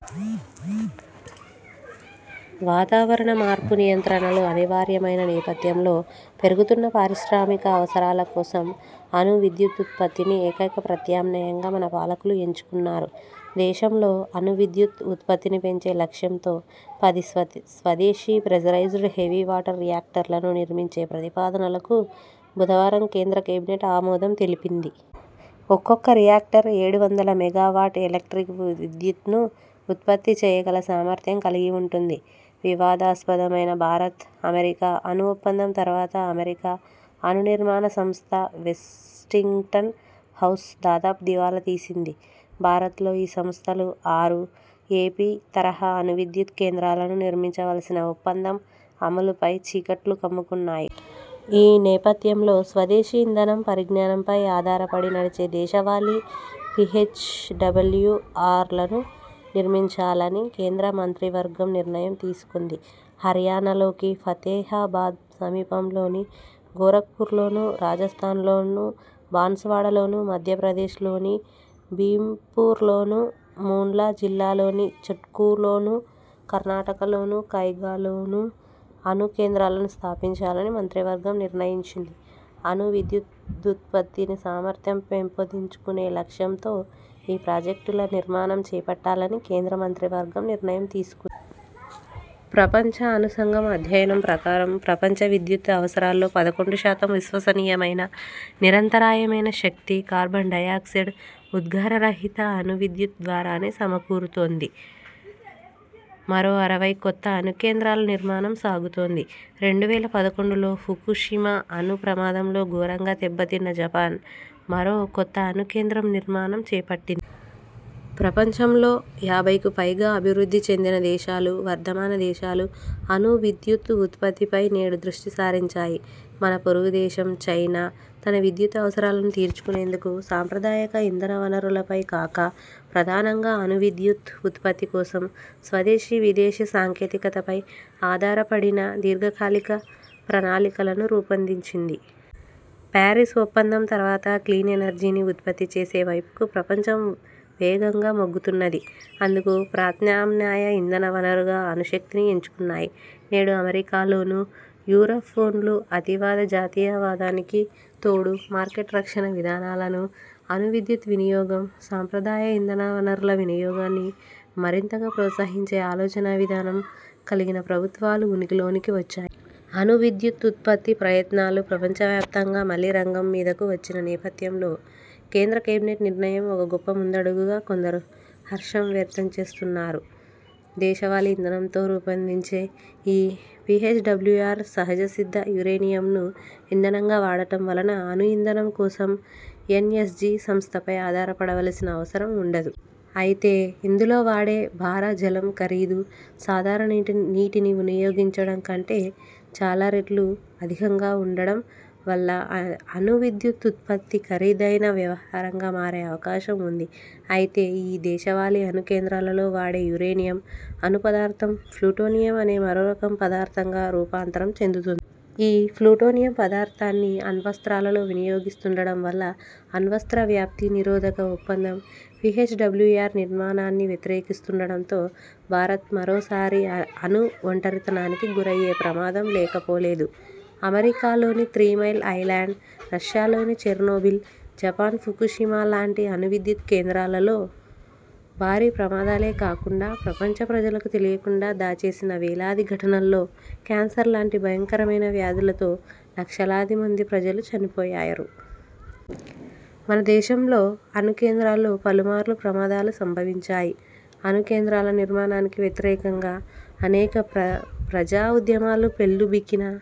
వాతావరణ మార్పు నియంత్రణలు అనివార్యమైన నేపథ్యంలో పెరుగుతున్న పారిశ్రామికావసరాల కోసం అణు విద్యుదుత్పత్తిని ఏకైక ప్రత్యామ్నాయంగా మన పాలకులు ఎంచుకున్నారు. దేశంలో అణు విద్యుత్ ఉత్పత్తిని పెంచే లక్ష్యంతో పది స్వదేశీ ప్రెజరైజ్డ్ హెవీ వాటర్ రియాక్టర్లను నిర్మించే ప్రతిపాదనలకు బుధవారం కేంద్ర కేబినెట్ ఆమోదం తెలిపింది. ఒక్కొక్క రియాక్టర్ ఏడు వందల మెగావాట్ ఎలక్ట్రిక్ విద్యుత్ను ఉత్పత్తి చేయగల సామర్థ్యం కలిగి ఉంటుంది. వివాదాస్పదమైన భారత్ అమెరికా అణు ఒప్పందం తర్వాత అమెరికా అణు నిర్మాణ సంస్థ వెస్టింగ్టన్ హౌస్ దాదాపు దివాలా తీసింది. భారత్లో ఈ సంస్థలు ఆరు 'ఏపీ ' తరహా అణు విద్యుత్ కేంద్రాలను నిర్మించవలసిన ఒప్పందం అమలుపై చీకట్లు కమ్ముకున్నాయి. ఈ నేపథ్యంలో స్వదేశీ ఇంధనం పరిజ్ఞానంపై ఆధారపడి నడిచే దేశవాళి పీహెచ్డబ్ల్యూఆర్లను నిర్మించాలని కేంద్ర మంత్రివర్గం నిర్ణయం తీసుకుంది. హర్యానాలోకి ఫతేహాబాద్ సమీపంలోని గోరఖ్పూర్లోను, రాజస్థాన్లో బాన్సవాడలోను, మధ్యప్రదేశ్లోని భీమ్పూర్లోను, మాండ్ల జిల్లాలోని చుట్కాలోను, కర్ణాటకలోని కైగాలోను అణు కేంద్రాలను స్థాపించాలని మంత్రివర్గం నిర్ణయించింది. అణువిద్యుదుత్పత్తి సామర్థ్యం పెంపొందించుకునే లక్ష్యంతో ఈ ప్రాజెక్టుల నిర్మాణం చేపట్టాలని కేంద్ర మంత్రివర్గం నిర్ణయం తీసుకుంది. ప్రపంచ అణు సంఘం అధ్యయనం ప్రకారం ప్రపంచ విద్యుత్ అవసరాల్లో పదకొండు శాతం విశ్వసనీయమైన, నిరంతరాయమైన శక్తి, కార్బన్ డై ఆక్సైడ్ ఉద్గారరహిత అణు విద్యుత్ ద్వారానే సమకూరుతోంది. మరో అరవై కొత్త అణు కేంద్రాల నిర్మాణం సాగుతోంది. రెండు వేల పదకొండులో ఫుకుషిమా అణు ప్రమాదంలో ఘోరంగా దెబ్బతిన్న జపాన్ మరో కొత్త అణు కేంద్రం నిర్మాణాన్ని చేపట్టింది. ప్రపంచంలో యాభైకు పైగా అభివృద్ధి చెందిన దేశాలు, వర్ధమాన దేశాలు అణు విద్యుత్ ఉత్పత్తిపై నేడు దృష్టి సారించాయి. మన పొరుగు దేశం చైనా తన విద్యుత్ అవసరాలను తీర్చుకునేందుకు సంప్రదాయక ఇంధన వనరులపై కాక, ప్రధానంగా అణు విద్యుత్ ఉత్పత్తి కోసం స్వదేశీ, విదేశీ సాంకేతికతపై ఆధారపడిన దీర్ఘకాలిక ప్రణాళికలను రూపొందించింది. ప్యారిస్ ఒప్పందం తర్వాత క్లీన్ ఎనర్జీని ఉత్పత్తి చేసే వైపుకు ప్రపంచం వేగంగా మొగ్గుతున్నది. అందుకు ప్రత్యామ్నాయ ఇంధన వనరుగా అణుశక్తిని ఎంచుకున్నాయి. నేడు అమెరికాలోను, యూరప్లోను అతివాద జాతీయవాదానికి తోడు మార్కెట్ రక్షణ విధానాలను, అణు విద్యుత్ వినియోగం, సంప్రదాయ ఇంధన వనరుల వినియోగాన్ని మరింతగా ప్రోత్సహించే ఆలోచనా విధానం కలిగిన ప్రభుత్వాలు ఉనికిలోకి వచ్చాయి. అణు విద్యుదుత్పత్తి ప్రయత్నాలు ప్రపంచవ్యాప్తంగా మళ్లీ రంగం మీదకు వచ్చిన నేపథ్యంలో కేంద్ర కేబినెట్ నిర్ణయం ఒక గొప్ప ముందడుగుగా కొందరు హర్షం వ్యక్తం చేస్తున్నారు. దేశవాళీ ఇంధనంతో రూపొందే ఈ పీహెచ్డబ్ల్యూఆర్ సహజసిద్ధ యురేనియంను ఇంధనంగా వాడటం వలన అణు ఇంధనం కోసం ఎన్ఎస్జీ సంస్థపై ఆధారపడవలసిన అవసరం ఉండదు. అయితే ఇందులో వాడే భార జలం ఖరీదు సాధారణ నీటిని వినియోగించడం కంటే చాలా రెట్లు అధికంగా ఉండటం వల్ల అణువిద్యుత్పత్తి ఖరీదైన వ్యవహారంగా మారే అవకాశం ఉంది. అయితే ఈ దేశవాళి అణు కేంద్రాలలో వాడే యురేనియం అణు పదార్థం ప్లూటోనియం అనే మరోరకం పదార్థంగా రూపాంతరం చెందుతుంది. ఈ ప్లుటోనియం పదార్థాన్ని అణ్వస్త్రాలలో వినియోగిస్తుండడం వల్ల అణ్వస్త్ర వ్యాప్తి నిరోధక ఒప్పందం పీహెచ్డబ్ల్యూఆర్ నిర్మాణాన్ని వ్యతిరేకిస్తుండడంతో భారత్ మరోసారి అణు ఒంటరితనానికి గురయ్యే ప్రమాదం లేకపోలేదు. అమెరికాలోని త్రీమైల్ ఐలాండ్, రష్యాలోని చెర్నోబిల్, జపాన్ ఫుకుషిమాలాంటి అణు విద్యుత్ కేంద్రాల్లో భారీ ప్రమాదాలే కాకుండా, ప్రపంచ ప్రజలకు తెలియకుండా దాచేసిన వేలాది ఘటనల్లో క్యాన్సర్ లాంటి భయంకరమైన వ్యాధులతో లక్షలాది మంది ప్రజలు చనిపోయారు. మన దేశంలో అణు కేంద్రాల్లో పలుమార్లు ప్రమాదాలు సంభవించాయి. అణు కేంద్రాల నిర్మాణానికి వ్యతిరేకంగా అనేక ప్రజా ఉద్యమాలు పెల్లుబికిన